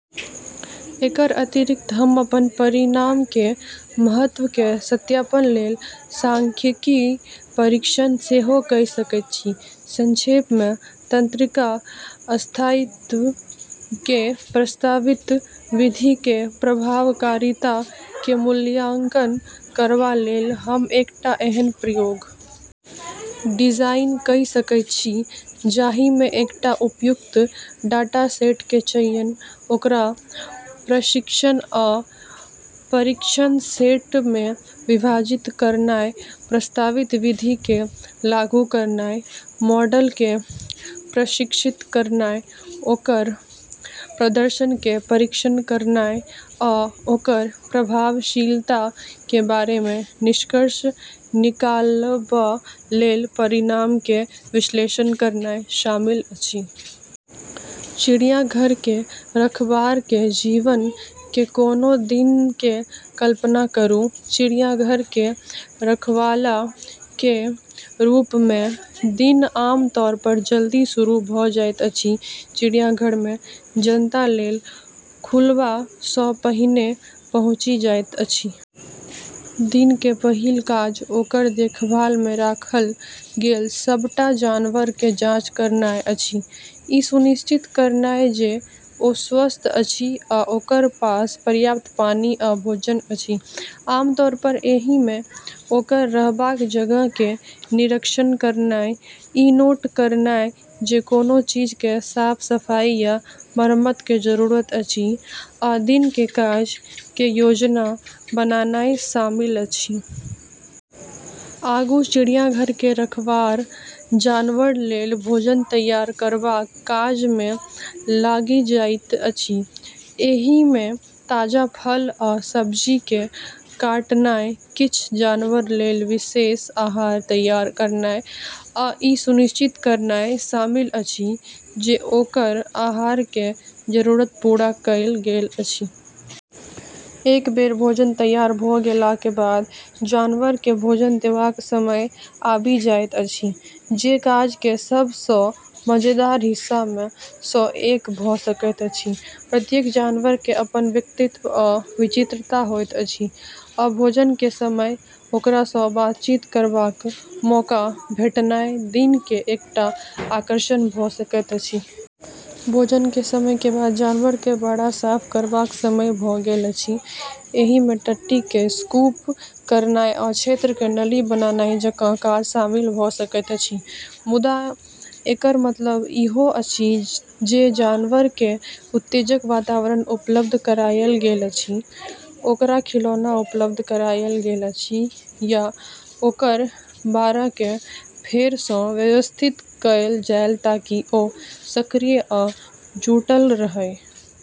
एकर अतिरिक्त, हम अपन परिणाम के महत्व के सत्यापन लेल सांख्यिकीय परीक्षण सेहो कए सकैत छी। संक्षेप मे, तंत्रिका स्थायित्व के प्रस्तावित विधि के प्रभावकारिता के मूल्यांकन करबा लेल, हम एकटा एहन प्रयोग डिजाइन कए सकैत छी जाहि मे एकटा उपयुक्त डाटासेट के चयन, ओकरा प्रशिक्षण आ परीक्षण सेट मे विभाजित करनाय, प्रस्तावित विधि के लागू करनाय, मॉडल के प्रशिक्षित करनाय, ओकर प्रदर्शन के परीक्षण करनाय, आ ओकर प्रभावशीलता के बारे मे निष्कर्ष निकालबा लेल परिणाम के विश्लेषण करनाय शामिल अछि। चिड़ियाघर के रखबार के जीवन के कोनो दिन के कल्पना करू। चिड़ियाघर के रखवाला के रूप मे दिन आम तौर पर जल्दी शुरू भ जाइत अछि, चिड़ियाघर मे जनता लेल खुलबा सँ पहिने पहुँचि जाइत अछि। दिन के पहिल काज ओकर देखभाल मे राखल गेल सबटा जानवर के जाँच करनाय अछि, ई सुनिश्चित करनाय जे ओ स्वस्थ अछि आ ओकरा पास पर्याप्त पानी आ भोजन अछि। आम तौर पर एहि मे ओकर रहबाक जगह के निरीक्षण करनाय, ई नोट करनाय जे कोनो चीज के साफ-सफाई या मरम्मत के जरूरत अछि, आ दिन के काज के योजना बनानाय शामिल अछि। आगू चिड़ियाघर के रखवार जानवर लेल भोजन तैयार करबाक काज मे लागि जाइत अछि। एहि मे ताजा फल आ सब्जी के काटनाय, किछ जानवर लेल विशेष आहार तैयार करनाय आ ई सुनिश्चित करनाय शामिल अछि जे ओकर आहार के जरूरत पूरा कएल गेल अछि। एक बेर भोजन तैयार भ गेलाक के बाद जानवर के भोजन देबाक समय आबि जाइत अछि, जे काज के सब सँ मजेदार हिस्सा मे सँ एक भ सकैत अछि। प्रत्येक जानवर के अपन व्यक्तित्व आ विचित्रता होइत अछि, आ भोजन के समय ओकरा सँ बातचीत करबाक मौका भेटनाय दिन के एकटा आकर्षण भ सकैत अछि। भोजन के समय के बाद जानवर के बाड़ा साफ करबाक समय भ गेल अछि। एहि मे टट्टी के स्कूप करनाय आ क्षेत्र के नली बनानाय जकां काज शामिल भ सकैत अछि, मुदा एकर मतलब ईहो अछि जे जानवर के उत्तेजक वातावरण उपलब्ध करायल गेल अछि, ओकरा खिलौना उपलब्ध करायल गेल अछि या ओकर बाड़ा के फेर सँ व्यवस्थित कएल जाए ताकि ओ सक्रिय आ जुटल रहए।